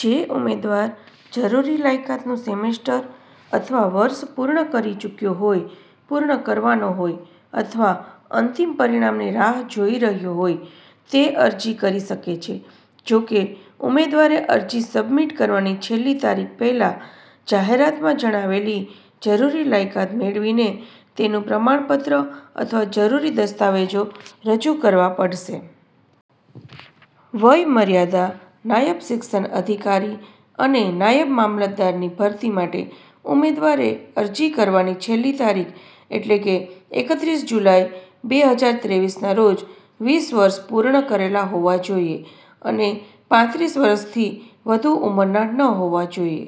જે ઉમેદવાર જરૂરી લાયકાતનું સેમેસ્ટર અથવા વર્ષ પૂર્ણ કરી ચૂક્યો હોય, પૂર્ણ કરવાનો હોય અથવા અંતિમ પરિણામની રાહ જોઈ રહ્યો હોય તે અરજી કરી શકે છે. જોકે, ઉમેદવારે અરજી સબમિટ કરવાની છેલ્લી તારીખ પહેલાં જાહેરાતમાં જણાવેલી જરૂરી લાયકાત મેળવીને તેનું પ્રમાણપત્ર અથવા જરૂરી દસ્તાવેજો રજૂ કરવા પડશે. વયમર્યાદા, નાયબ સેક્શન અધિકારી અને નાયબ મામલતદારની ભરતી માટે ઉમેદવારે અરજી કરવાની છેલ્લી તારીખ, એટલે કે એકત્રીસ જુલાઈ બેહજાર ત્રેવીસના રોજ વીસ વર્ષ પૂર્ણ કરેલા હોવા જોઈએ અને પાંત્રીસ વર્ષથી વધુ ઉંમરના ન હોવા જોઈએ.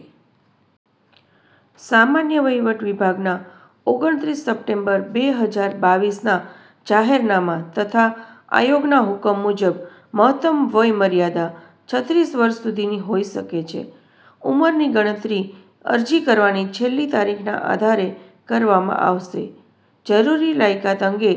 સામાન્ય વહીવટ વિભાગના ઓગણત્રીસ સપ્ટેમ્બર બેહજાર બાવીસના જાહેરનામા તથા આયોગના હુકમ મુજબ, મહત્તમ વયમર્યાદા છત્રીસવર્ષ સુધીની હોઈ શકે છે. ઉંમરની ગણતરી અરજી કરવાની છેલ્લી તારીખના આધારે કરવામાં આવશે. જરૂરી લાયકાત અંગે,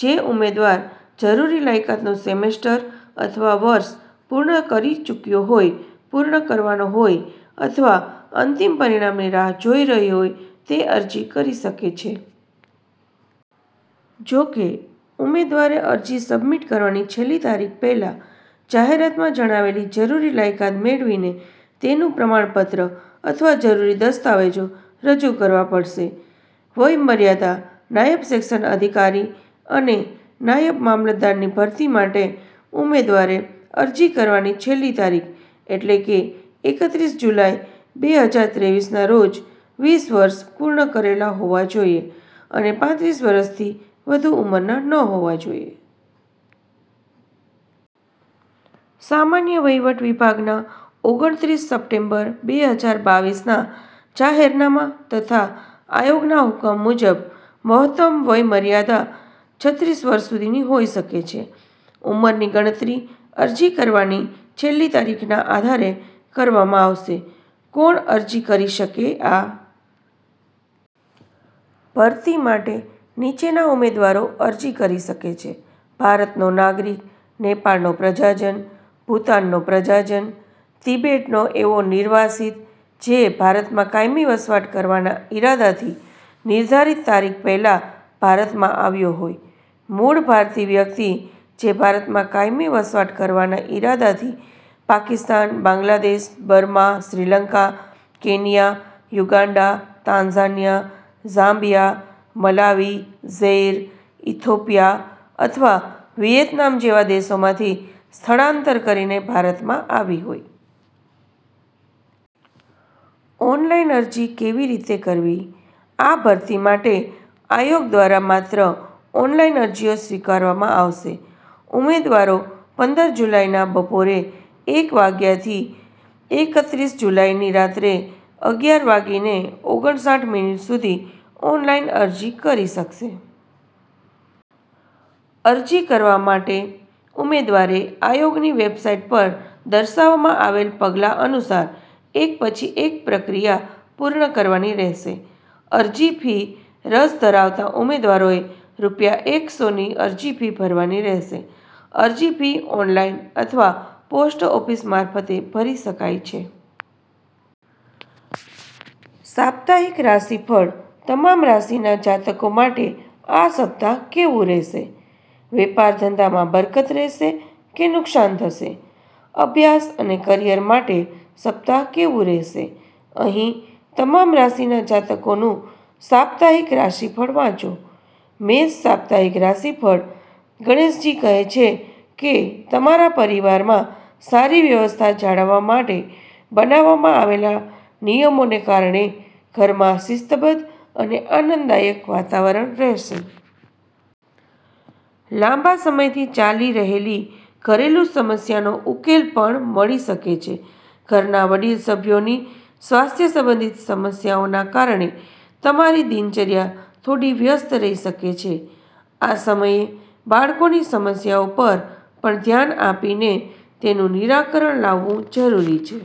જે ઉમેદવાર જરૂરી લાયકાતનું સેમેસ્ટર અથવા વર્ષ પૂર્ણ કરી ચૂક્યો હોય, પૂર્ણ કરવાનો હોય અથવા અંતિમ પરિણામની રાહ જોઈ રહ્યો હોય તે અરજી કરી શકે છે. જોકે, ઉમેદવારે અરજી સબમિટ કરવાની છેલ્લી તારીખ પહેલાં જાહેરાતમાં જણાવેલી જરૂરી લાયકાત મેળવીને તેનું પ્રમાણપત્ર અથવા જરૂરી દસ્તાવેજો રજૂ કરવા પડશે. વયમર્યાદા, નાયબ સેક્શન અધિકારી અને નાયબ મામલતદારની ભરતી માટે ઉમેદવારે અરજી કરવાની છેલ્લી તારીખ, એટલે કે એકત્રીસ જુલાઈ બે હજાર ત્રેવીસના રોજ વીસ વર્ષ પૂર્ણ કરેલા હોવા જોઈએ અને પાંત્રીસ વર્ષથી વધુ ઉંમરના ન હોવા જોઈએ. સામાન્ય વહીવટ વિભાગના ઓગણત્રીસ સપ્ટેમ્બર બે હજાર બાવીસના જાહેરનામા તથા આયોગના હુકમ મુજબ, મહત્તમ વયમર્યાદા છત્રીસ વર્ષ સુધીની હોઈ શકે છે. ઉંમરની ગણતરી અરજી કરવાની છેલ્લી તારીખના આધારે કરવામાં આવશે. કોણ અરજી કરી શકે?આ ભરતી માટે નીચેના ઉમેદવારો અરજી કરી શકે છે: ભારતનો નાગરિક, નેપાળનો પ્રજાજન, ભૂતાનનો પ્રજાજન, તિબેટનો એવો નિર્વાસિત, જે ભારતમાં કાયમી વસવાટ કરવાના ઇરાદાથી નિર્ધારિત તારીખ પહેલાં ભારતમાં આવ્યો હોય. મૂળ ભારતીય વ્યક્તિ, જે ભારતમાં કાયમી વસવાટ કરવાના ઇરાદાથી Pakistan, Bangladesh, Burma, Sri Lanka, Kenya, Uganda, Tanzania, Zambia, Malawi, Zaire, Ethiopia અથવા વિયેતનામ જેવા દેશોમાંથી સ્થળાંતર કરીને ભારતમાં આવી હોય. ઓનલાઈન અરજી કેવી રીતે કરવી? આ ભરતી માટે આયોગ દ્વારા માત્ર ઓનલાઈન અરજીઓ સ્વીકારવામાં આવશે. ઉમેદવારો પંદર જુલાઈના બપોરે એક વાગ્યાથી એકત્રીસ જુલાઈની રાત્રે અગિયાર વાગીને ઓગણસાઠ મિનિટ સુધી ઓનલાઈન અરજી કરી શકશે. અરજી કરવા માટે ઉમેદવારે આયોગની વેબસાઈટ પર દર્શાવવામાં આવેલા પગલાં અનુસાર એક પછી એક પ્રક્રિયા પૂર્ણ કરવાની રહેશે. અરજી ફી, રસ ધરાવતા ઉમેદવારોએ રૂ. એકસોની અરજી ફી ભરવાની રહેશે, અરજી ફી ઓનલાઈન અથવા પોસ્ટ ઓફિસ મારફતે ભરી શકાય છે. સાપ્તાહિક રાશિફળ, તમામ રાશિના જાતકો માટે આ સપ્તાહ કેવું રહેશે? વેપાર-ધંધામાં બરકત રહેશે કે નુકસાન થશે? અભ્યાસ અને કરિયર માટે સપ્તાહ કેવું રહેશે? અહીં તમામ રાશિના જાતકોનું સાપ્તાહિક રાશિફળ વાંચો. મેષ સાપ્તાહિક રાશિફળ, ગણેશજી કહે છે કે તમારા પરિવારમાં સારી વ્યવસ્થા જાળવવા માટે બનાવવામાં આવેલા નિયમોને કારણે ઘરમાં શિસ્તબદ્ધ અને આનંદદાયક વાતાવરણ રહેશે. લાંબા સમયથી ચાલી રહેલી ઘરેલું સમસ્યાનો ઉકેલ પણ મળી શકે છે. ઘરના વડીલ સભ્યોની સ્વાસ્થ્ય સંબંધિત સમસ્યાઓના કારણે તમારી દિનચર્યા થોડી વ્યસ્ત રહી શકે છે. આ સમયે બાળકોની સમસ્યાઓ પર પણ ધ્યાન આપીને તેનું નિરાકરણ લાવવું જરૂરી છે.